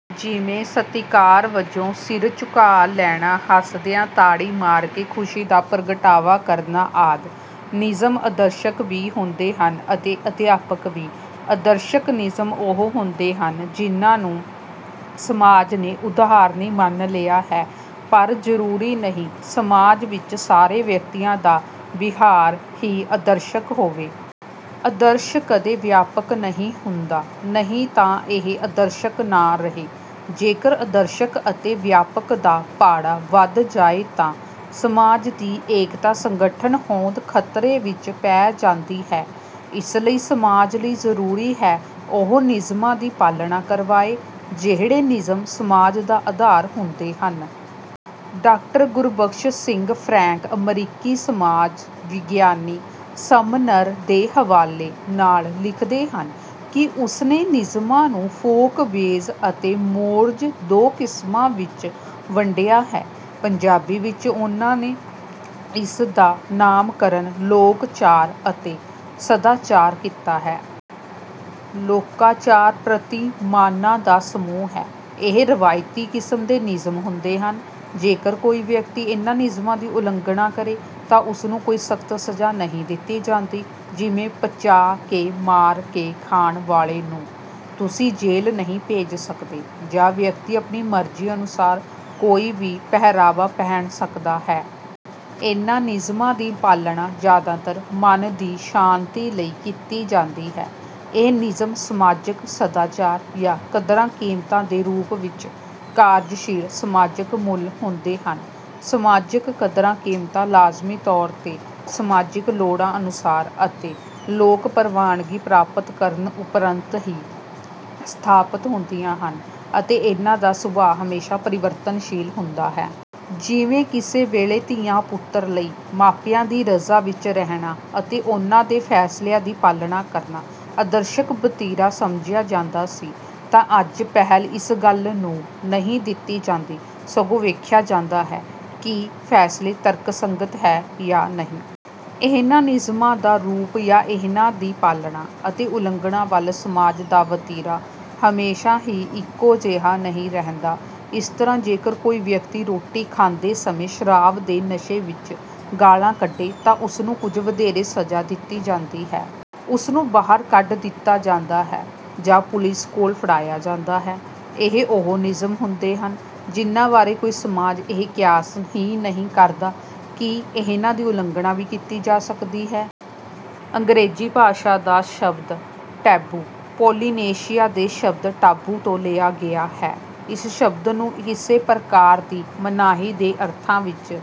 ਜਿਵੇਂ ਸਤਿਕਾਰ ਵਜੋਂ ਸਿਰ ਝੁਕਾ ਲੈਣਾ ਹੱਸਦਿਆਂ ਤਾੜੀ ਮਾਰ ਕੇ ਖੁਸ਼ੀ ਦਾ ਪ੍ਰਗਟਾਵਾ ਕਰਨਾ ਆਦਿ। ਨਿਯਮ ਆਦਰਸ਼ਕ ਵੀ ਹੁੰਦੇ ਹਨ ਅਤੇ ਵਿਆਪਕ ਵੀ। ਆਦਰਸ਼ਕ ਨਿਯਮ ਉਹ ਹੁੰਦੇ ਹਨ ਜਿਨ੍ਹਾਂ ਨੂੰ ਸਮਾਜ ਨੇ ਉਦਾਹਰਣੀ ਮੰਨ ਲਿਆ ਹੈ ਪਰ ਜ਼ਰੂਰੀ ਨਹੀਂ ਸਮਾਜ ਵਿੱਚ ਸਾਰੇ ਵਿਅਕਤੀਆਂ ਦਾ ਵਿਹਾਰ ਹੀ ਆਦਰਸ਼ਕ ਹੋਵੇ। ਆਦਰਸ਼ ਕਦੇ ਵਿਆਪਕ ਨਹੀਂ ਹੁੰਦਾ ਨਹੀਂ ਤਾਂ ਇਹ ਆਦਰਸ਼ਕ ਨਾ ਰਹੇ। ਜੇਕਰ ਆਦਰਸ਼ਕ ਅਤੇ ਵਿਆਪਕ ਦਾ ਪਾੜਾ ਵਧ ਜਾਏ ਤਾਂ ਸਮਾਜ ਦੀ ਏਕਤਾ ਸੰਗਠਨ ਹੋਂਦ ਖ਼ਤਰੇ ਵਿੱਚ ਪੈ ਜਾਂਦੀ ਹੈ। ਇਸ ਲਈ ਸਮਾਜ ਲਈ ਜ਼ਰੂਰੀ ਹੈ ਉਹ ਨਿਯਮਾਂ ਦੀ ਪਾਲਣਾ ਕਰਵਾਏ ਜਿਹੜੇ ਨਿਯਮ ਸਮਾਜ ਦਾ ਆਧਾਰ ਹੁੰਦੇ ਹਨ। ਡਾਕਟਰ ਗੁਰਬਖਸ਼ ਸਿੰਘ ਫਰੈਂਕ ਅਮਰੀਕੀ ਸਮਾਜ ਵਿਗਿਆਨੀ ਸਮਨਰ ਦੇ ਹਵਾਲੇ ਨਾਲ ਲਿਖਦੇ ਹਨ ਕਿ ਉਸ ਨੇ ਨਿਯਮਾਂ ਨੂੰ ਫੋਕਵੇਜ਼ ਅਤੇ ਮੋਰਜ਼ ਦੋ ਕਿਸਮਾਂ ਵਿੱਚ ਵੰਡਿਆ ਹੈ। ਪੰਜਾਬੀ ਵਿੱਚ ਉਨ੍ਹਾਂ ਨੇ ਇਸ ਦਾ ਨਾਮਕਰਣ ਲੋਕਾਚਾਰ ਅਤੇ ਸਦਾਚਾਰ ਕੀਤਾ ਹੈ। ਲੋਕਾਚਾਰ ਪ੍ਰਤਿਮਾਨਾਂ ਦਾ ਸਮੂਹ ਹੈ। ਇਹ ਰਵਾਇਤੀ ਕਿਸਮ ਦੇ ਨਿਯਮ ਹੁੰਦੇ ਹਨ। ਜੇਕਰ ਕੋਈ ਵਿਅਕਤੀ ਇਨ੍ਹਾਂ ਨਿਯਮਾਂ ਦੀ ਉਲੰਘਣਾ ਕਰੇ ਤਾਂ ਉਸ ਨੂੰ ਕੋਈ ਸਖ਼ਤ ਸਜ਼ਾ ਨਹੀਂ ਦਿੱਤੀ ਜਾਂਦੀ ਜਿਵੇਂ ਪਚਾ ਕੇ ਮਾਰ ਕੇ ਖਾਣ ਵਾਲੇ ਨੂੰ ਤੁਸੀਂ ਜੇਲ੍ਹ ਨਹੀਂ ਭੇਜ ਸਕਦੇ ਜਾਂ ਵਿਅਕਤੀ ਆਪਣੀ ਮਰਜ਼ੀ ਅਨੁਸਾਰ ਕੋਈ ਵੀ ਪਹਿਰਾਵਾ ਪਹਿਨ ਸਕਦਾ ਹੈ। ਇਨ੍ਹਾਂ ਨਿਯਮਾਂ ਦੀ ਪਾਲਣਾ ਜ਼ਿਆਦਾਤਰ ਮਨ ਦੀ ਸ਼ਾਂਤੀ ਲਈ ਕੀਤੀ ਜਾਂਦੀ ਹੈ। ਇਹ ਨਿਯਮ ਸਮਾਜਕ ਸਦਾਚਾਰ ਜਾਂ ਕਦਰਾਂ ਕੀਮਤਾਂ ਦੇ ਰੂਪ ਵਿੱਚ ਕਾਰਜਸ਼ੀਲ ਸਮਾਜਕ ਮੁੱਲ ਹੁੰਦੇ ਹਨ। ਸਮਾਜਕ ਕਦਰਾਂ ਕੀਮਤਾਂ ਲਾਜ਼ਮੀ ਤੌਰ ਤੇ ਸਮਾਜਿਕ ਲੋੜਾਂ ਅਨੁਸਾਰ ਅਤੇ ਲੋਕ ਪ੍ਰਵਾਨਗੀ ਪ੍ਰਾਪਤ ਕਰਨ ਉਪਰੰਤ ਹੀ ਸਥਾਪਤ ਹੁੰਦੀਆਂ ਹਨ ਅਤੇ ਇਨ੍ਹਾਂ ਦਾ ਸੁਭਾਅ ਹਮੇਸ਼ਾ ਪਰਿਵਰਤਨਸ਼ੀਲ ਹੁੰਦਾ ਹੈ। ਜਿਵੇਂ ਕਿਸੇ ਵੇਲੇ ਧੀਆਂ ਪੁੱਤਰਾਂ ਲਈ ਮਾਪਿਆਂ ਦੀ ਰਜ਼ਾ ਵਿੱਚ ਰਹਿਣਾ ਅਤੇ ਉਨ੍ਹਾਂ ਦੇ ਫੈਸਲਿਆਂ ਦੀ ਪਾਲਣਾ ਕਰਨਾ ਆਦਰਸ਼ਕ ਵਤੀਰਾ ਸਮਝਿਆ ਜਾਂਦਾ ਸੀ ਤਾਂ ਅੱਜ ਪਹਿਲ ਇਸ ਗੱਲ ਨੂੰ ਨਹੀਂ ਦਿੱਤੀ ਜਾਂਦੀ ਸਗੋਂ ਵੇਖਿਆ ਜਾਂਦਾ ਹੈ ਕਿ ਫੈਸਲਾ ਤਰਕ ਸੰਗਤ ਹੈ ਜਾਂ ਨਹੀਂ। ਇਹਨਾਂ ਨਿਯਮਾਂ ਦਾ ਰੂਪ ਜਾਂ ਇਹਨਾਂ ਦੀ ਪਾਲਣਾ ਅਤੇ ਉਲੰਘਣਾ ਵੱਲ ਸਮਾਜ ਦਾ ਵਤੀਰਾ ਹਮੇਸ਼ਾ ਹੀ ਇੱਕੋ ਜਿਹਾ ਨਹੀਂ ਰਹਿੰਦਾ। ਇਸ ਤਰ੍ਹਾਂ ਜੇਕਰ ਕੋਈ ਵਿਅਕਤੀ ਰੋਟੀ ਖਾਂਦੇ ਸਮੇਂ ਸ਼ਰਾਬ ਦੇ ਨਸ਼ੇ ਵਿੱਚ ਗਾਲ੍ਹਾਂ ਕੱਢੇ ਤਾਂ ਉਸ ਨੂੰ ਕੁਝ ਵਧੇਰੇ ਸਜ਼ਾ ਦਿੱਤੀ ਜਾਂਦੀ ਹੈ। ਉਸ ਨੂੰ ਬਾਹਰ ਕੱਢ ਦਿੱਤਾ ਜਾਂਦਾ ਹੈ ਜਾਂ ਪੁਲਿਸ ਕੋਲ ਫੜਾਇਆ ਜਾਂਦਾ ਹੈ। ਇਹ ਉਹ ਨਿਯਮ ਹੁੰਦੇ ਹਨ ਜਿਨ੍ਹਾਂ ਬਾਰੇ ਕੋਈ ਸਮਾਜ ਇਹ ਕਿਆਸ ਹੀ ਨਹੀਂ ਕਰਦਾ ਕਿ ਇਹਨਾਂ ਦੀ ਉਲੰਘਣਾ ਵੀ ਕੀਤੀ ਜਾ ਸਕਦੀ ਹੈ। ਅੰਗਰੇਜ਼ੀ ਭਾਸ਼ਾ ਦਾ ਸ਼ਬਦ ਟੈਬੂ ਪੋਲੀਨੇਸ਼ੀਆ ਦੇ ਸ਼ਬਦ ਟਾਬੂ ਤੋਂ ਲਿਆ ਗਿਆ ਹੈ। ਇਸ ਸ਼ਬਦ ਨੂੰ ਕਿਸੇ ਵਿਸ਼ੇਸ਼ ਪ੍ਰਕਾਰ ਦੀ ਮਨਾਹੀ ਦੇ ਅਰਥਾਂ ਵਿੱਚ